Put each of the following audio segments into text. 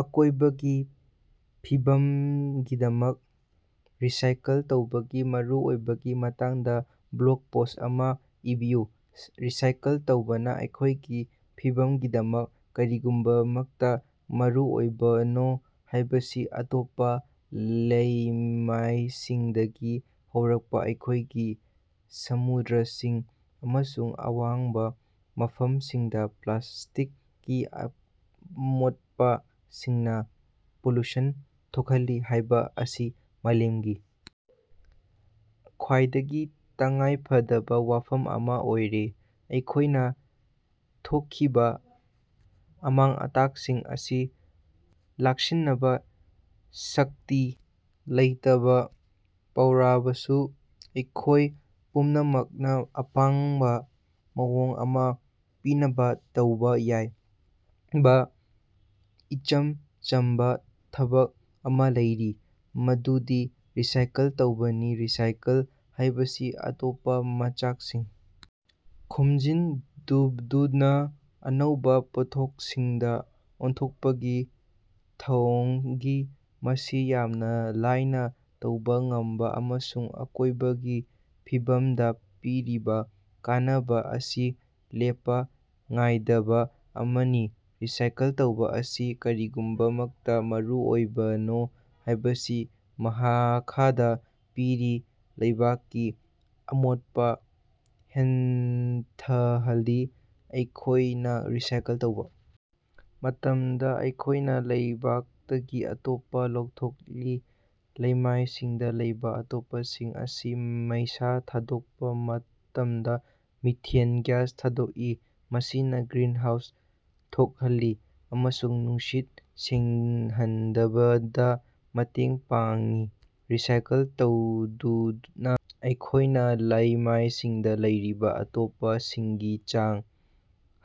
ꯑꯀꯣꯏꯕꯒꯤ ꯐꯤꯕꯝꯒꯤꯗꯃꯛ ꯔꯤꯁꯥꯏꯀꯜ ꯇꯧꯕꯒꯤ ꯃꯔꯨꯑꯣꯏꯕꯒꯤ ꯃꯇꯥꯡꯗ ꯕ꯭ꯂꯣꯒ ꯄꯣꯁꯠ ꯑꯃ ꯏꯕꯤꯌꯨ꯫ ꯔꯤꯁꯥꯏꯀꯜ ꯇꯧꯕꯥꯅ ꯑꯀꯣꯢꯕꯒꯤ ꯐꯤꯕꯝꯒꯤꯗꯃꯛꯇ ꯀꯔꯤꯒꯤꯗꯃꯛꯇ ꯃꯔꯨ ꯑꯣꯏꯕꯅꯣ ꯍꯥꯢꯕꯁꯤ ꯑꯃꯣꯠꯄꯥ ꯂꯩꯃꯥꯏꯁꯤꯡꯗꯒꯤ ꯍꯧꯔꯒ ꯑꯩꯈꯣꯢꯒꯤ ꯁꯃꯨꯗ꯭ꯔꯁꯤꯡ ꯑꯃꯁꯨꯡ ꯑꯋꯥꯡꯕ ꯃꯐꯝꯁꯤꯡꯗ ꯄ꯭ꯂꯥꯁꯇꯤꯛꯀꯤ ꯑꯃꯣꯠꯄꯁꯤꯡꯅ ꯄꯣꯂꯨꯁꯟ ꯊꯣꯛꯍꯜꯂꯤ ꯍꯥꯏꯕ ꯑꯁꯤ ꯃꯥꯂꯦꯝꯒꯤ ꯈ꯭ꯋꯥꯏꯗꯒꯤ ꯇꯉꯥꯏꯐꯗꯕ ꯋꯥꯐꯝ ꯑꯃ ꯑꯣꯏꯔꯦ꯫ ꯑꯩꯈꯣꯢꯅ ꯊꯣꯛꯈꯤꯕ ꯑꯃꯥꯡ-ꯑꯇꯥꯁꯤꯡ ꯑꯁꯤ ꯂꯥꯛꯁꯤꯟꯅꯕ ꯁꯛꯇꯤ ꯂꯩꯇꯕꯥ ꯐꯥꯎꯔꯕꯁꯨ ꯑꯩꯈꯣꯢ ꯄꯨꯝꯅꯃꯛꯅ ꯑꯐꯕ ꯃꯑꯣꯡ ꯑꯃ ꯄꯤꯅꯕ ꯇꯧꯕ ꯌꯥꯕ ꯏꯆꯝ ꯆꯝꯕꯥ ꯊꯕꯛ ꯑꯃ ꯂꯩꯔꯤ ꯃꯗꯨꯗꯤ ꯔꯤꯁꯥꯏꯀꯜ ꯇꯧꯕꯅꯤ꯫ ꯔꯤꯁꯥꯏꯀꯜ ꯍꯥꯏꯕꯁꯤ ꯑꯇꯣꯞꯄ ꯃꯆꯥꯛꯁꯤꯡ ꯈꯣꯝꯖꯤꯟꯗꯨꯅ ꯑꯅꯧꯕ ꯄꯣꯠꯊꯣꯛꯁꯤꯡꯗ ꯑꯣꯟꯊꯣꯛꯄꯒꯤ ꯊꯧꯑꯣꯡꯅꯤ꯫ ꯃꯁꯤ ꯌꯥꯝꯅ ꯂꯥꯢꯅ ꯇꯧꯕ ꯉꯝꯕ ꯑꯃꯁꯨꯡ ꯑꯀꯣꯢꯕꯒꯤ ꯐꯤꯕꯝꯗ ꯄꯤꯔꯤꯕ ꯀꯥꯟꯅꯕ ꯑꯁꯤ ꯂꯦꯞꯄ ꯅꯥꯏꯗꯕ ꯑꯃꯅꯤ꯫ ꯔꯤꯁꯥꯏꯀꯜ ꯇꯧꯕꯥ ꯑꯁꯤ ꯀꯔꯤꯒꯤꯗꯃꯛꯇ ꯃꯔꯨꯑꯣꯏꯕꯅꯣ ꯍꯥꯢꯕꯁꯤ ꯃꯈꯥꯗ ꯄꯤꯔꯤ: ꯂꯩꯕꯥꯛꯀꯤ ꯑꯃꯣꯠꯄ ꯍꯟꯊꯍꯜꯂꯤ ꯑꯩꯈꯣꯢꯅ ꯔꯤꯁꯥꯏꯀꯜ ꯇꯧꯕꯥ ꯃꯇꯝꯗ ꯑꯩꯈꯣꯢꯅꯥ ꯂꯩꯕꯥꯛꯇꯒꯤ ꯑꯃꯣꯠꯄꯥ ꯂꯧꯊꯣꯛꯂꯤ꯫ ꯂꯩꯃꯥꯏꯁꯤꯡꯗ ꯂꯩꯕꯥ ꯑꯃꯣꯠꯄꯁꯤꯡ ꯑꯁꯤꯅ ꯃꯩꯁꯥ ꯊꯥꯗꯣꯛꯄ ꯃꯇꯝꯗ ꯃꯤꯊꯦꯟ ꯒ꯭ꯌꯥꯁ ꯊꯥꯗꯣꯛꯏ ꯃꯁꯤꯅ ꯒ꯭ꯔꯤꯟ ꯍꯥꯎꯁ ꯊꯣꯛꯍꯜꯂꯤ ꯑꯃꯁꯨꯡ ꯅꯨꯡꯁꯤꯠ ꯁꯦꯡꯍꯟꯗꯕꯗ ꯃꯇꯦꯡ ꯄꯥꯡꯏ꯫ ꯔꯤꯁꯥꯏꯀꯜ ꯇꯧꯗꯨꯅ ꯑꯩꯈꯣꯢꯅ ꯂꯩꯃꯥꯏꯁꯤꯡꯗꯥ ꯂꯩꯔꯤꯕꯥ ꯑꯇꯣꯞꯄꯁꯤꯡꯒꯤ ꯆꯥꯡ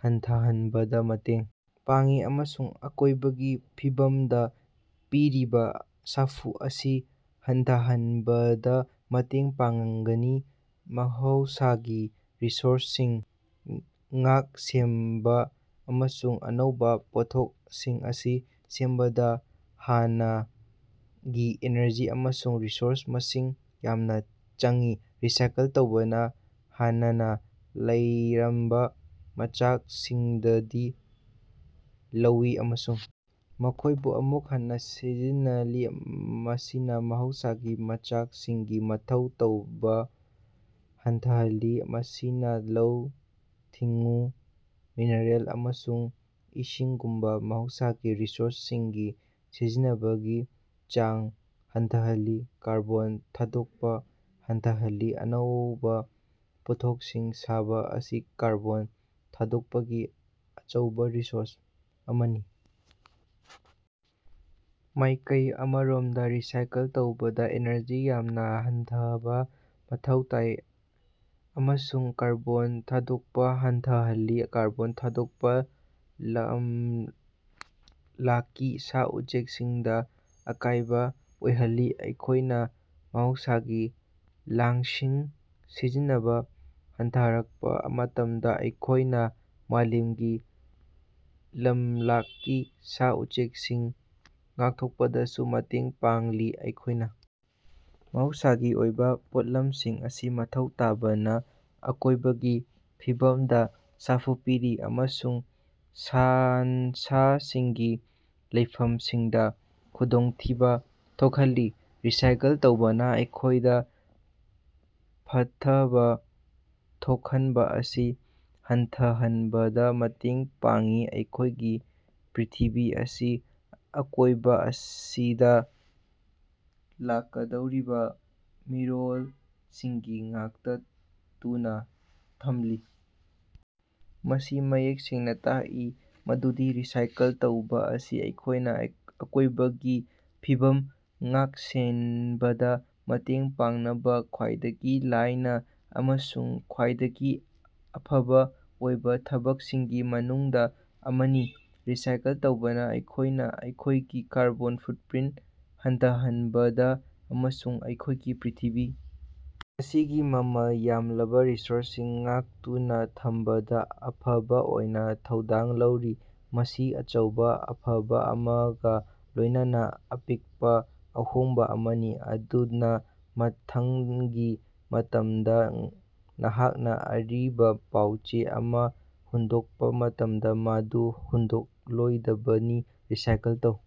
ꯍꯟꯊꯍꯟꯕꯗ ꯃꯇꯦꯡ ꯄꯥꯡꯏ ꯑꯃꯁꯨꯡ ꯑꯀꯣꯢꯕꯒꯤ ꯐꯤꯕꯝꯗ ꯄꯤꯔꯤꯕ ꯁꯥꯐꯨ ꯑꯁꯤ ꯍꯟꯊꯍꯟꯕꯗ ꯃꯇꯦꯡ ꯄꯥꯡꯒꯅꯤ꯫ ꯃꯍꯧꯁꯥꯒꯤ ꯔꯤꯁꯣꯔꯁꯁꯤꯡ ꯉꯥꯛ ꯁꯦꯟꯕ ꯑꯃꯁꯨꯡ ꯑꯅꯧꯕꯥ ꯄꯣꯠꯊꯣꯛꯁꯤꯡ ꯑꯁꯤ ꯁꯦꯝꯕꯗ ꯍꯥꯟꯅꯒꯤ ꯏꯅꯔꯖꯤ ꯑꯃꯁꯨꯡ ꯔꯤꯁꯣꯔꯁꯁꯤꯡ ꯃꯁꯤꯡ ꯌꯥꯝꯅ ꯆꯪꯏ꯫ ꯔꯤꯁꯥꯏꯀꯜ ꯇꯧꯕꯅꯥ ꯍꯥꯟꯅꯅ ꯂꯩꯔꯝꯕ ꯃꯆꯥꯛꯁꯤꯡꯗꯒꯤ ꯂꯧꯏ ꯑꯃꯁꯨꯡ ꯃꯈꯣꯢꯕꯨ ꯑꯃꯨꯛ ꯍꯟꯅ ꯁꯤꯖꯤꯟꯅꯍꯜꯂꯤ ꯃꯁꯤꯅꯥ ꯃꯍꯧꯁꯥꯒꯤ ꯃꯆꯥꯛꯁꯤꯡꯒꯤ ꯃꯊꯧ ꯇꯧꯕꯥ ꯍꯟꯊꯍꯜꯂꯤ꯫ ꯃꯁꯤꯅꯥ ꯂꯧꯎ-ꯁꯤꯡꯎ, ꯃꯤꯅꯔꯦꯜ ꯑꯃꯁꯨꯡ ꯏꯁꯤꯡꯒꯨꯝꯕꯥ ꯃꯍꯧꯁꯥꯒꯤ ꯔꯤꯁꯣꯔꯁ ꯁꯤꯡꯒꯤ ꯁꯤꯖꯤꯟꯅꯕꯒꯤ ꯆꯥꯡ ꯍꯟꯊꯍꯜꯂꯤ꯫ ꯀꯥꯔꯕꯣꯟ ꯊꯥꯗꯣꯛꯄ ꯍꯟꯊꯍꯜꯂꯤ ꯑꯅꯧꯕꯥ ꯄꯣꯠꯊꯣꯛꯁꯤꯡ ꯁꯥꯕ ꯑꯁꯤ ꯀꯥꯔꯕꯣꯟ ꯊꯥꯗꯣꯛꯄꯒꯤ ꯑꯆꯧꯕꯥ ꯁꯣꯔꯁ ꯑꯃꯅꯤ꯫ ꯃꯥꯢꯀꯩ ꯑꯃꯔꯣꯝꯗ ꯔꯤꯁꯥꯏꯀꯜ ꯇꯧꯕꯗ ꯏꯅꯔꯖꯤ ꯌꯥꯝꯅ ꯍꯟꯊꯕ ꯃꯊꯧ ꯇꯥꯏ ꯑꯃꯁꯨꯡ ꯀꯥꯔꯕꯣꯟ ꯊꯥꯗꯣꯛꯄ ꯍꯟꯊꯍꯜꯂꯤ꯫ ꯀꯥꯔꯕꯣꯟ ꯊꯥꯗꯣꯛꯄꯅ ꯂꯝꯂꯛꯀꯤ ꯁꯥ-ꯎꯆꯦꯛꯁꯤꯡꯗ ꯑꯀꯥꯏꯕ ꯑꯣꯏꯍꯜꯂꯤ ꯑꯩꯈꯣꯢꯅ ꯃꯍꯧꯁꯥꯒꯤ ꯂꯟꯁꯤꯡ ꯁꯤꯖꯤꯟꯅꯕꯥ ꯍꯟꯊꯔꯛꯄ ꯃꯇꯝꯗ ꯑꯩꯈꯣꯢꯅ ꯃꯥꯂꯦꯝꯒꯤ ꯂꯝꯂꯛꯀꯤ ꯁꯥ-ꯎꯆꯦꯛꯁꯤꯡ ꯉꯥꯛꯊꯣꯛꯄꯗꯁꯨ ꯃꯇꯦꯡ ꯄꯥꯡꯂꯤ꯫ ꯑꯩꯈꯣꯢꯅ ꯃꯍꯧꯁꯥꯒꯤ ꯑꯣꯏꯕ ꯄꯣꯠꯂꯝꯁꯤꯡ ꯑꯁꯤ ꯃꯊꯧ ꯇꯥꯕꯅ ꯑꯀꯣꯏꯕꯒꯤ ꯐꯤꯕꯝꯗ ꯁꯥꯐꯨ ꯄꯤꯔꯤ ꯑꯃꯁꯨꯡ ꯁꯥ-ꯁꯟꯁꯤꯡꯒꯤ ꯂꯩꯐꯝꯁꯤꯡꯗ ꯈꯨꯗꯣꯡꯊꯤꯕ ꯊꯣꯛꯍꯜꯂꯤ꯫ ꯔꯤꯁꯥꯏꯀꯜ ꯇꯧꯕꯅ ꯑꯩꯈꯣꯢꯗ ꯐꯠꯇꯕ ꯊꯣꯛꯍꯟꯕ ꯑꯁꯤ ꯍꯟꯊꯍꯟꯕꯗ ꯃꯇꯦꯡ ꯄꯥꯡꯏ ꯑꯩꯈꯣꯢꯒꯤ ꯄ꯭ꯔꯤꯊꯤꯕꯤ ꯑꯁꯤꯒꯤ ꯑꯀꯣꯏꯕ ꯑꯁꯤꯗ ꯂꯥꯛꯀꯗꯧꯔꯤꯕ ꯃꯤꯔꯣꯜꯁꯤꯡꯒꯤ ꯉꯥꯛꯇꯨꯅ ꯊꯝꯂꯤ꯫ ꯃꯁꯤ ꯃꯌꯦꯛ ꯁꯦꯡꯅ ꯇꯥꯛꯏ ꯃꯗꯨꯗꯤ ꯔꯤꯁꯥꯏꯀꯜ ꯇꯧꯕꯥ ꯑꯁꯤ ꯑꯩꯈꯣꯢꯅꯥ ꯑꯀꯣꯢꯕꯒꯤ ꯐꯤꯕꯝ ꯉꯥꯛ-ꯁꯦꯟꯕꯗ ꯃꯇꯦꯡ ꯄꯥꯡꯅꯕꯥ ꯈ꯭ꯋꯥꯏꯗꯒꯤ ꯂꯥꯢꯕ ꯑꯃꯁꯨꯡ ꯈ꯭ꯋꯥꯏꯗꯒꯤ ꯑꯐꯕ ꯑꯣꯏꯕ ꯊꯕꯛꯁꯤꯡꯒꯤ ꯃꯅꯨꯡꯗ ꯑꯃꯅꯤ꯫ ꯔꯤꯁꯥꯏꯀꯜ ꯇꯧꯕꯥꯅ ꯑꯩꯈꯣꯢꯅ ꯑꯩꯈꯣꯢꯒꯤ ꯀꯥꯔꯕꯣꯟ ꯐꯨꯠꯄ꯭ꯔꯤꯟꯇ ꯍꯟꯊꯍꯟꯕꯗ ꯑꯃꯁꯨꯡ ꯑꯩꯈꯣꯢꯒꯤ ꯄ꯭ꯔꯤꯊꯤꯕꯤ ꯑꯁꯤꯒꯤ ꯃꯃꯜ ꯌꯥꯝꯂꯕ ꯔꯤꯁꯣꯔꯁꯁꯤꯡ ꯉꯥꯛꯇꯨꯅ ꯊꯝꯕꯗ ꯑꯐꯕ ꯑꯣꯏꯅ ꯊꯧꯗꯥꯡ ꯂꯧꯔꯤ꯫ ꯃꯁꯤ ꯑꯆꯧꯕꯥ ꯑꯐꯕ ꯑꯃꯒ ꯂꯣꯢꯅꯅꯥ ꯑꯄꯤꯛꯄ ꯑꯍꯣꯡꯕ ꯑꯃꯅꯤ꯫ ꯑꯗꯨꯅꯥ ꯃꯊꯪꯒꯤ ꯃꯇꯝꯗ ꯅꯍꯥꯛꯅ ꯑꯔꯤꯕ ꯄꯥꯎ-ꯆꯦ ꯑꯃ ꯍꯨꯟꯗꯣꯛꯄ ꯃꯇꯝꯗ ꯃꯗꯨ ꯍꯨꯟꯗꯣꯛꯂꯣꯏꯗꯕꯅꯤ ꯔꯤꯁꯥꯏꯀꯜ ꯇꯧ꯫